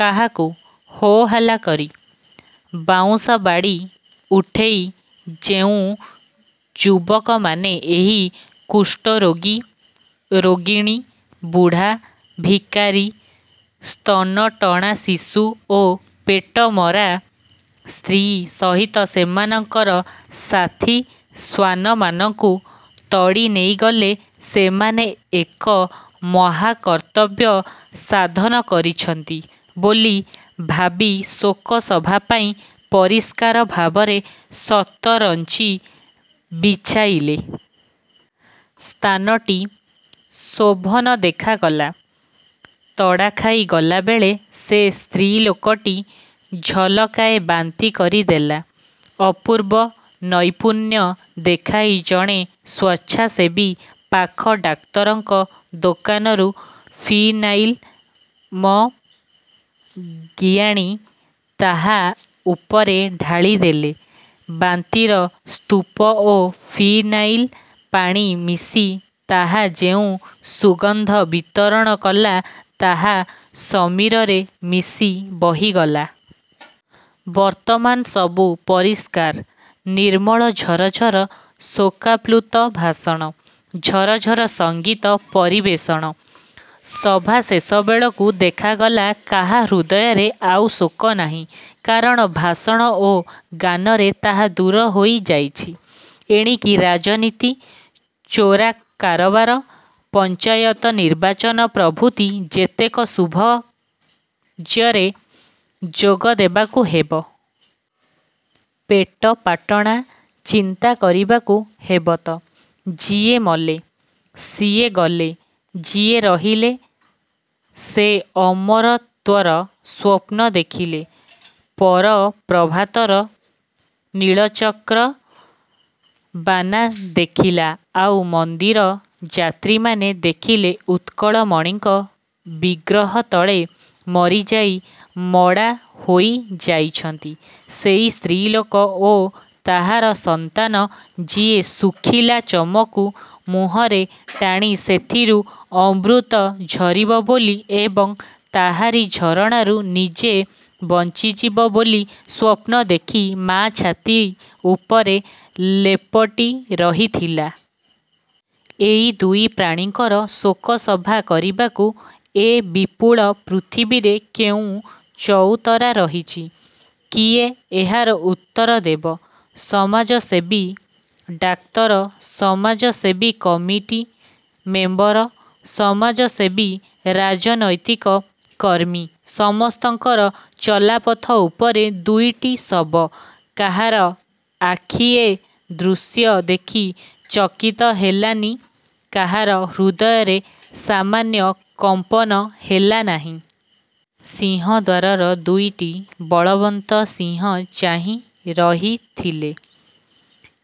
କାହାକୁ? ହୋ-ହଲ୍ଲା କରି, ବାଉଁଶବାଡ଼ି ଉଠେଇ ଯେଉଁ ଯୁବକମାନେ ଏହି କୁଷ୍ଠରୋଗୀ, ରୋଗିଣୀ, ବୁଢ଼ା, ଭିକାରି, ସ୍ତନଟଣା ଶିଶୁ ଓ ପେଟମରା ସ୍ତ୍ରୀ ସହିତ ସେମାନଙ୍କର ସାଥୀ ଶ୍ୱାନମାନଙ୍କୁ ତଡ଼ିନେଇଗଲେ, ସେମାନେ ଏକ ମହାକର୍ତ୍ତବ୍ୟ ସାଧନ କରିଛନ୍ତି ବୋଲି ଭାବି ଶୋକସଭାପାଇଁ ପରିଷ୍କାର ଭାବରେ ସତରଞ୍ଚି ବିଛାଇଲେ। ସ୍ଥାନଟି ଶୋଭନ ଦେଖାଗଲା। ତଡ଼ାଖାଇ ଗଲାବେଳେ ସେ ସ୍ତ୍ରୀ ଲୋକଟି ଝଲକାଏ ବାନ୍ତି କରିଦେଲା। ଅପୂର୍ବ ନୈପୁଣ୍ୟ ଦେଖାଇ ଜଣେ ସ୍ୱେଚ୍ଛାସେବୀ ପାଖ ଡାକ୍ତରଙ୍କ ଦୋକାନରୁ ଫିନାଇଲ ମ ଗିଆଣି ତାହା ଉପରେ ଢାଳିଦେଲେ। ବାନ୍ତିର ସ୍ତୁପ ଓ ଫିନାଇଲ ପାଣି ମିଶି ତାହା ଯେଉଁ ସୁଗନ୍ଧ ବିତରଣକଲା ତାହା ସମୀରରେ ମିଶି ବହିଗଲା। ବର୍ତ୍ତମାନ ସବୁ ପରିଷ୍କାର- ନିର୍ମଳ ଝରଝର ଶୋକାପ୍ଳୁତ ଭାଷଣ- ଝରଝର ସଙ୍ଗୀତ ପରିବେଷଣ। ସଭା ଶେଷବେଳକୁ ଦେଖାଗଲା, କାହା ହୃଦୟରେ ଆଉ ଶୋକ ନାହିଁ। କାରଣ, ଭାଷଣ ଓ ଗାନରେ ତାହା ଦୂର ହୋଇଯାଇଛି। ଏଣିକି ରାଜନୀତି, ଚୋରା କାରବାର, ପଞ୍ଚାୟତ ନିର୍ବାଚନ ପ୍ରଭୃତି ଯେତେକ ଶୁଭକ ର୍ଯ୍ୟରେ ଯୋଗଦେବାକୁ ହେବ। ପେଟପାଟଣା ଚିନ୍ତାକରିବାକୁ ହେବ ତ! ଯିଏ ମଲେ, ସିଏ ଗଲେ- ଯିଏ ରହିଲେ,। ସେ ଅମରତ୍ୱର ସ୍ୱପ୍ନ ଦେଖିଲେ- ପର ପ୍ରଭାତର ନୀଳଚକ୍ର ବାନା ଦେଖିଲା, ଆଉ ମନ୍ଦିର ଯାତ୍ରୀମାନେ ଦେଖିଲେ ଉତ୍କଳମଣିଙ୍କ ବିଗ୍ରହ ତଳେ ମରିଯାଇ ମଡ଼ା ହୋଇଯାଇଛନ୍ତି ସେଇ ସ୍ତ୍ରୀଲୋକ ଓ ତାହାର ସନ୍ତାନ, ଯିଏ ଶୁଖିଲା ଚମକୁ ମୁହଁରେ ଟାଣି ସେଥିରୁ ଅମୃତ ଝରିବ ବୋଲି ଏବଂ ତାହାରି ଝରଣାରୁ ନିଜେ ବଞ୍ଚିଯିବ ବୋଲି ସ୍ୱପ୍ନ ଦେଖି ମା' ଛାତି ଉପରେ ଲେପଟିରହିଥିଲା। ଏ ଦୁଇ ପ୍ରାଣୀଙ୍କର ଶୋକସଭା କରିବାକୁ ଏ ବିପୁଳ ପୃଥିବୀରେ କେଉଁ ଚଉତରା ରହିଛି? କିଏ ଏହାର ଉତ୍ତର ଦେବ? ସମାଜସେବୀ ଡାକ୍ତର! ସମାଜସେବୀ କମିଟି ମେମ୍ବର! ସମାଜସେବୀ ରାଜନୈତିକ କର୍ମୀ- ସମସ୍ତଙ୍କର ଚଲାପଥ ଉପରେ ଦୁଇଟି ଶବ- କାହାର ଆଖି ଏ ଦୃଶ୍ୟ ଦେଖି ଚକିତ ହେଲାନି, କାହା ହୃଦୟରେ ସାମାନ୍ୟ କମ୍ପନ ହେଲାନାହିଁ। ସିଂହଦ୍ୱାରର ଦୁଇଟି ବଳବନ୍ତ ସିଂହ ଚାହିଁ ରହିଥିଲେ।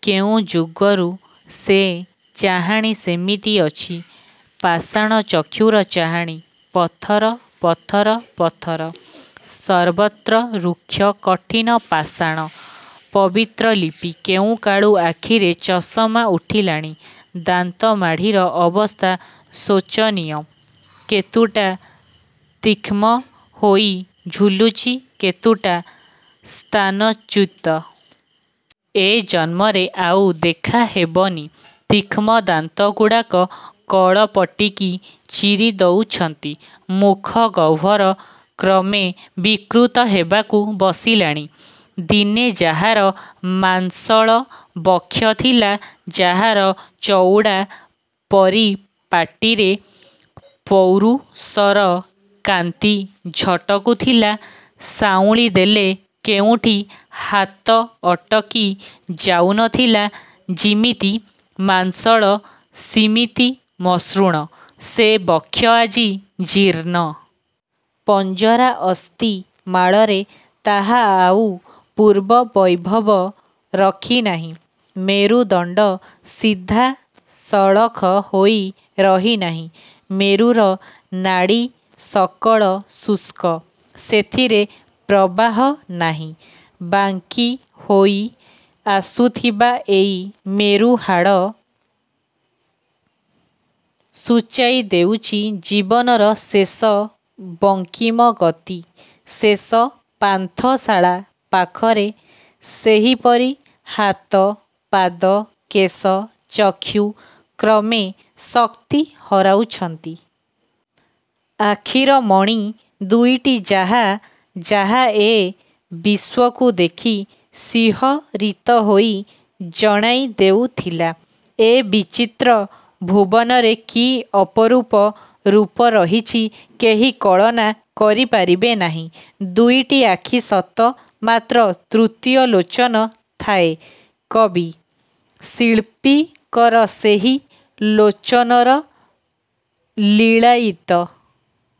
କେଉଁ ଯୁଗରୁ ସେ ଚାହାଣି ସେମିତି ଅଛି। ପାଷାଣ ଚକ୍ଷୁର ଚାହାଣି- ପଥର- ପଥର- ପଥର- ସର୍ବତ୍ର ରୁକ୍ଷ କଠିନ ପାଷାଣ। ପବିତ୍ରଲିପି କେଉଁକାଳୁ ଆଖିରେ ଚଷମା ଉଠିଲାଣି। ଦାନ୍ତମାଢ଼ିର ଅବସ୍ଥା ଶୋଚନୀୟ; କେତୁଟା ତୀକ୍ଷ୍ମ ହୋଇ ଝୁଲୁଛି, କେତୁଟା ସ୍ଥାନଚ୍ୟୁତ। ଏ ଜନ୍ମରେ ଆଉ ଦେଖାହେବନି। ତୀକ୍ଷ୍ମ ଦାନ୍ତଗୁଡ଼ାକ କଳପଟିକି ଚିରିଦଉଛନ୍ତି। ମୁଖଗହ୍ୱର କ୍ରମେ ବିକୃତ ହେବାକୁ ବସିଲାଣି। ଦିନେ ଯାହାର ମାଂସଳ ବକ୍ଷ ଥିଲା, ଯାହାର ଚଉଡ଼ା ପରିପାଟିରେ ପୌରୁଷର କାନ୍ତି ଝଟକୁଥିଲା, ସାଉଁଳିଦେଲେ କେଉଁଠି ହାତ ଅଟକି ଯାଉନଥିଲା; ଯିମିତି ମାଂସଳ ସିମିତି ମସୃଣ, ସେ ବକ୍ଷ ଆଜି ଜୀର୍ଣ୍ଣ। ପଞ୍ଜରା ଅସ୍ଥିମାଳରେ ତାହା ଆଉ ପୂର୍ବ ବୈଭବ ରଖିନାହିଁ। ମେରୁଦଣ୍ଡ ସିଧାସଳଖ ହୋଇ ରହିନାହିଁ। ମେରୁର ନାଡ଼ୀସକଳ ଶୁଷ୍କ। ସେଥିରେ ପ୍ରବାହ ନାହିଁ। ବାଙ୍କିହୋଇ ଆସୁଥିବା ଏଇ ମେରୁହାଡ଼ ସୂଚାଇ ଦେଉଛି ଜୀବନର ଶେଷ ବଙ୍କିମ ଗତି ଶେଷ ପାନ୍ଥଶାଳା ପାଖରେ- ସେହିପରି ହାତ, ପାଦ, କେଶ, ଚକ୍ଷୁ କ୍ରମେ ଶକ୍ତି ହରାଉଛନ୍ତି। ଆଖିର ମଣି ଦୁଇଟି ଯାହା ଯାହା ଏ ବିଶ୍ୱକୁ ଦେଖି ଶିହରିତ ହୋଇ ଜଣାଇଦେଉଥିଲା ଏ ବିଚିତ୍ର ଭୁବନରେ କି ଅପରୂପ ରୂପ ରହିଛି, କେହି କଳନା କରିପାରିବେ ନାହିଁ। ଦୁଇଟି ଆଖି ସତ, ମାତ୍ର ତୃତୀୟ ଲୋଚନ ଥାଏ କବି, ଶିଳ୍ପୀଙ୍କର- ସେହି ଲୋଚନର ଲୀଳାୟିତ